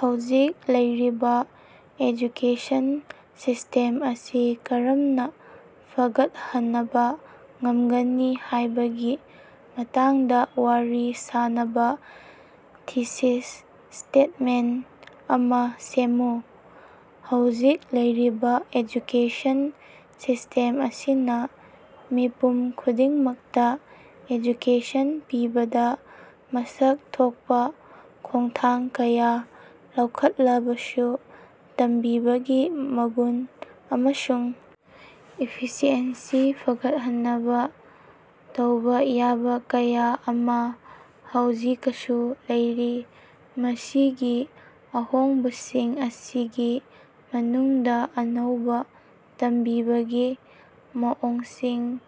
ꯍꯧꯖꯤꯛ ꯂꯩꯔꯤꯕ education system ꯑꯁꯤ ꯀꯔꯝꯅ ꯐꯒꯠꯍꯅꯕ ꯉꯝꯒꯅꯤ ꯍꯥꯏꯕꯒꯤ ꯃꯇꯥꯡꯗ ꯋꯥꯔꯤ ꯁꯥꯅꯕ ꯊꯤꯁꯤꯁ ꯁ꯭ꯇꯦꯇꯃꯦꯟꯇ ꯑꯃꯥ ꯁꯦꯝꯃꯨ꯫ ꯍꯧꯖꯤꯛ ꯂꯩꯔꯤꯕ ꯑꯦꯖꯨꯀꯦꯁꯟ ꯁꯤꯁ꯭ꯇꯦꯝ ꯑꯁꯤꯅ ꯃꯤꯄꯨꯝ ꯈꯨꯗꯤꯡꯃꯛꯇ ꯑꯦꯖꯨꯀꯦꯁꯟ ꯄꯤꯕꯗ ꯃꯁꯛ ꯊꯣꯛꯄ ꯈꯣꯡꯊꯥꯡ ꯀꯌꯥ ꯂꯧꯈꯠꯂꯕꯁꯨ, ꯇꯝꯕꯤꯕꯒꯤ ꯃꯒꯨꯟ ꯑꯃꯁꯨꯡ ꯏꯐꯤꯁꯤꯑꯦꯟꯁꯤ ꯐꯒꯠꯍꯟꯅꯕ ꯇꯧꯕ ꯌꯥꯕ ꯀꯌꯥ ꯑꯃꯥ ꯍꯧꯖꯤꯀꯁꯨ ꯂꯩꯔꯤ ꯃꯁꯤꯒꯤ ꯑꯍꯣꯡꯕꯁꯤꯡ ꯑꯁꯤꯒꯤ ꯃꯅꯨꯡꯗꯥ ꯑꯅꯧꯕ ꯇꯝꯕꯤꯕꯒꯤ ꯃꯑꯣꯡꯁꯤꯡ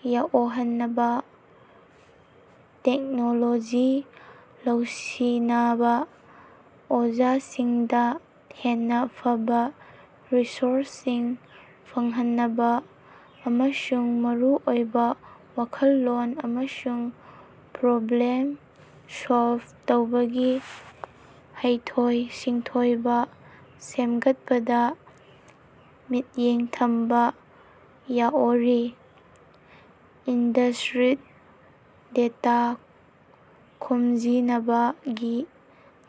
ꯌꯥꯑꯣꯍꯟꯅꯕ, ꯇꯦꯛꯅꯣꯂꯣꯖꯤ ꯂꯧꯁꯤꯅꯕ, ꯑꯣꯖꯥꯁꯤꯡꯗ ꯍꯦꯟꯅ ꯐꯕꯥ ꯔꯤꯁꯣꯔꯁꯁꯤꯡ ꯐꯪꯍꯟꯅꯕꯥ, ꯑꯃꯁꯨꯡ ꯃꯔꯨꯑꯣꯏꯕ ꯋꯥꯈꯜꯂꯣꯟ ꯑꯃꯁꯨꯡ ꯄ꯭ꯔꯣꯕ꯭ꯂꯦꯝ ꯁꯣꯜꯕ ꯇꯧꯕꯒꯤ ꯍꯩꯊꯣꯏ-ꯁꯤꯡꯊꯣꯏꯕ ꯁꯦꯝꯒꯠꯄꯗ ꯃꯤꯠꯌꯦꯡ ꯊꯝꯕ ꯌꯥꯑꯣꯔꯤ꯫ ꯏꯟꯗꯁ꯭ꯠꯔꯤꯗ ꯗꯦꯇꯥ ꯈꯣꯝꯖꯤꯅꯕꯒꯤ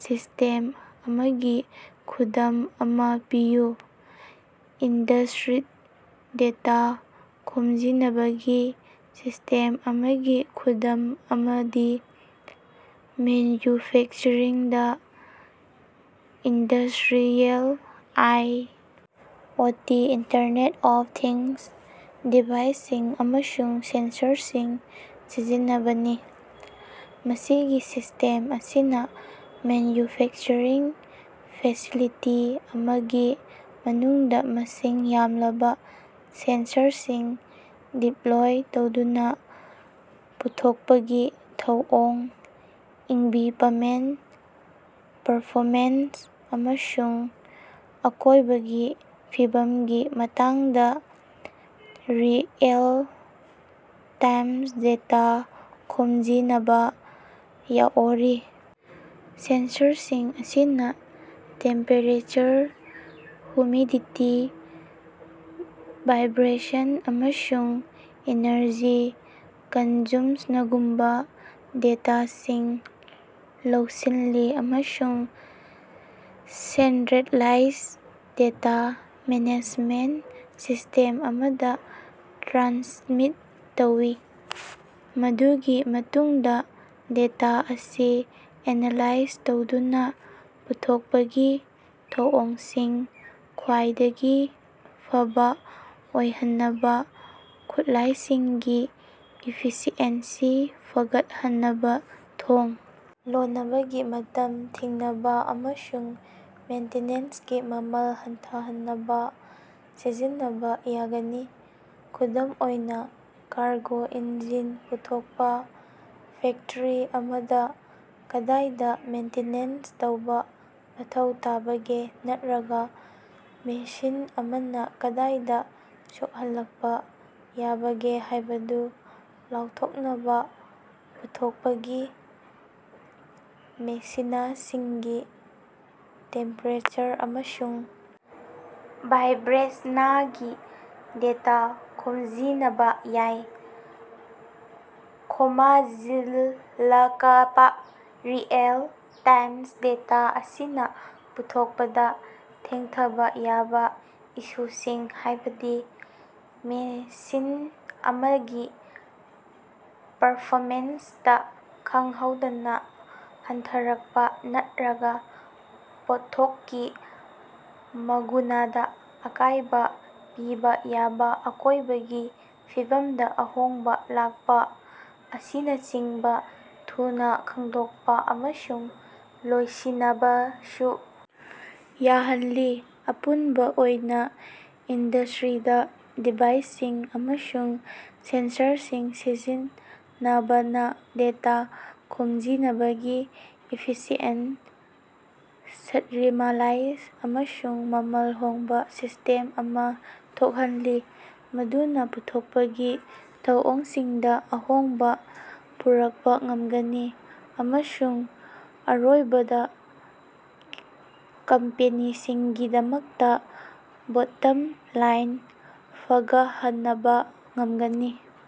ꯁꯤꯁ꯭ꯇꯦꯝ ꯑꯃꯒꯤ ꯈꯨꯗꯝ ꯑꯃꯥ ꯄꯤꯌꯨ꯫ ꯏꯟꯗꯁ꯭ꯠꯔꯤꯗ ꯗꯦꯇꯥ ꯈꯣꯝꯖꯤꯅꯕꯒꯤ ꯁꯤꯁ꯭ꯇꯦꯝ ꯑꯃꯒꯤ ꯈꯨꯗꯝ ꯑꯃꯗꯤ ꯃꯦꯟꯌꯨꯐꯦꯛꯆꯔꯤꯡꯗꯥ industrial I. O. T. (Internet of things) ꯗꯤꯚꯥꯏꯁꯁꯤꯡ ꯑꯃꯁꯨꯡ ꯁꯦꯟꯁꯔꯁꯤꯡ ꯁꯤꯖꯤꯟꯅꯕꯅꯤ꯫ ꯃꯁꯤꯒꯤ ꯁꯤꯁ꯭ꯇꯦꯝ ꯑꯁꯤꯅꯥ ꯃꯦꯟꯌꯨꯐꯦꯛꯆꯔꯤꯡ ꯐꯦꯁꯤꯂꯤꯇꯤ ꯑꯃꯒꯤ ꯃꯅꯨꯡꯗꯥ ꯃꯁꯤꯡ ꯌꯥꯝꯂꯕ ꯁꯦꯟꯁꯔꯁꯤꯡ ꯗꯤꯞꯂꯣꯏ ꯇꯧꯗꯨꯅ ꯄꯨꯊꯣꯛꯄꯒꯤ ꯊꯧꯑꯣꯡ, ꯏꯛꯕꯤꯄꯃꯦꯟꯇ ꯄꯔꯐꯣꯃꯦꯟꯁ ꯑꯃꯁꯨꯡ ꯑꯀꯣꯏꯕꯒꯤ ꯐꯤꯕꯝꯒꯤ ꯃꯇꯥꯡꯗ ꯔꯤꯑꯦꯜ-ꯇꯥꯏꯝ ꯗꯦꯇꯥ ꯈꯣꯝꯖꯤꯅꯕꯥ ꯌꯥꯑꯣꯔꯤ꯫ ꯁꯦꯟꯁꯔꯁꯤꯡ ꯑꯁꯤꯅꯥ ꯇꯦꯝꯄꯦꯔꯦꯆꯔ, ꯍꯨꯃꯤꯗꯤꯇꯤ, ꯚꯥꯏꯕ꯭ꯔꯦꯁꯟ, ꯑꯃꯁꯨꯡ ꯏꯅꯔꯖꯤ ꯀꯟꯖꯨꯃꯁꯅꯒꯨꯝꯕ ꯗꯦꯇꯥꯁꯤꯡ ꯂꯧꯁꯤꯜꯂꯤ ꯑꯃꯁꯨꯡ ꯁꯦꯟꯠꯔꯦꯂꯥꯏꯖ ꯗꯦꯇꯥ ꯃꯦꯅꯦꯖꯃꯦꯟꯇ ꯁꯤꯁ꯭ꯇꯦꯝ ꯑꯃꯗꯥ ꯇ꯭ꯔꯥꯟꯁꯃꯤꯠ ꯇꯧꯏ꯫ ꯃꯗꯨꯒꯤ ꯃꯇꯨꯡꯗꯥ ꯗꯦꯇꯥ ꯑꯁꯤ ꯑꯦꯅꯥꯂꯥꯏꯖ ꯇꯧꯗꯨꯅꯥ ꯄꯨꯊꯣꯛꯄꯒꯤ ꯊꯧꯑꯣꯡꯁꯤꯡ ꯈ꯭ꯋꯥꯏꯗꯒꯤ ꯐꯕꯥ ꯑꯣꯏꯍꯟꯅꯕ, ꯈꯨꯠꯂꯥꯏꯁꯤꯡꯒꯤ ꯏꯐꯤꯁꯤꯑꯦꯟꯁꯤ ꯐꯒꯠꯍꯟꯅꯕ, ꯊꯣꯡ ꯂꯣꯅꯕꯒꯤ ꯃꯇꯝ ꯊꯤꯡꯅꯕꯥ ꯑꯃꯁꯨꯡ ꯃꯦꯟꯇꯤꯅꯦꯟꯁꯀꯤ ꯃꯃꯜ ꯍꯟꯊꯍꯟꯅꯕ ꯁꯤꯖꯤꯟꯅꯕ ꯌꯥꯒꯅꯤ꯫ ꯈꯨꯗꯝ ꯑꯣꯏꯅꯥ, ꯀꯥꯔꯒꯣ ꯏꯟꯖꯤꯟ ꯄꯨꯊꯣꯛꯄ ꯐꯦꯛꯇꯔꯤ ꯑꯃꯥꯗ, ꯀꯗꯥꯏꯗ ꯃꯦꯟꯇꯤꯅꯦꯟꯁ ꯇꯧꯕ ꯃꯊꯧ ꯇꯥꯕꯒꯦ, ꯅꯠꯠꯔꯒ ꯃꯦꯁꯤꯟ ꯑꯃꯥꯅ ꯀꯗꯥꯏꯗ ꯁꯣꯛꯍꯜꯂꯛꯄ ꯌꯥꯕꯒꯦ ꯍꯥꯏꯕꯗꯨ ꯂꯥꯎꯊꯣꯛꯅꯕ ꯄꯨꯊꯣꯛꯄꯒꯤ ꯃꯦꯁꯤꯅꯁꯤꯡꯒꯤ ꯇꯦꯝꯄꯦꯔꯦꯆꯔ ꯑꯃꯁꯨꯡ ꯚꯥꯏꯕ꯭ꯔꯦꯁꯅꯒꯤ ꯗꯦꯇꯥ ꯈꯣꯝꯖꯤꯅꯕ ꯌꯥꯏ꯫ ꯈꯣꯃꯖꯤꯜꯂꯀꯄꯥ ꯔꯤꯑꯦꯜ-ꯇꯥꯏꯝ ꯗꯦꯇꯥ ꯑꯁꯤꯅꯥ ꯄꯨꯊꯣꯛꯄꯗ ꯊꯦꯡꯊꯥꯕ ꯌꯥꯕ ꯏꯁꯨꯁꯤꯡ, ꯍꯥꯏꯕꯗꯤ ꯃꯦꯁꯤꯟ ꯑꯃꯒꯤ ꯄꯔꯐꯣꯃꯦꯟꯁꯇꯥ ꯈꯪꯍꯧꯗꯅ ꯍꯟꯊꯔꯛꯄ, ꯅꯠꯠꯔꯒ ꯄꯣꯠꯊꯣꯛꯀꯤ ꯃꯒꯨꯅꯗꯥ ꯑꯀꯥꯏꯕ ꯄꯤꯕ ꯌꯥꯕ ꯑꯀꯣꯏꯕꯒꯤ ꯐꯤꯕꯝꯗ ꯑꯍꯣꯡꯕ ꯂꯥꯛꯄ ꯑꯁꯤꯅꯆꯤꯡꯕ ꯊꯨꯅ ꯈꯪꯗꯣꯛꯄ ꯑꯃꯁꯨꯡ ꯂꯣꯏꯁꯤꯅꯕꯁꯨ ꯌꯥꯍꯜꯂꯤ꯫ ꯑꯄꯨꯟꯕ ꯑꯣꯏꯅ, ꯏꯟꯗꯁ꯭ꯠꯔꯤꯗ ꯗꯤꯚꯥꯏꯁꯁꯤꯡ ꯑꯃꯁꯨꯡ ꯁꯦꯟꯁꯔꯁꯤꯡ ꯁꯤꯖꯤꯟꯅꯕꯅ ꯗꯦꯇꯥ ꯈꯣꯝꯖꯤꯅꯕꯒꯤ ꯏꯐꯤꯁꯤꯑꯦꯟꯇ, ꯁ꯭ꯠꯔꯤꯃꯂꯥꯏꯟ ꯑꯃꯁꯨꯡ ꯃꯃꯜ ꯍꯣꯡꯕ ꯁꯤꯁ꯭ꯇꯦꯝ ꯑꯃꯥ ꯊꯣꯛꯍꯜꯂꯤ ꯃꯗꯨꯅ ꯄꯨꯊꯣꯛꯄꯒꯤ ꯊꯧꯑꯣꯡꯁꯤꯡꯗ ꯑꯍꯣꯡꯕ ꯄꯨꯔꯛꯄ ꯉꯝꯒꯅꯤ ꯑꯃꯁꯨꯡ ꯑꯔꯣꯏꯕꯗ ꯀꯝꯄꯦꯅꯤꯁꯤꯡꯒꯤꯗꯃꯛꯇꯥ ꯕꯣꯠꯇꯝ ꯂꯥꯏꯟ ꯐꯒꯠꯍꯅꯕ ꯉꯝꯒꯅꯤ꯫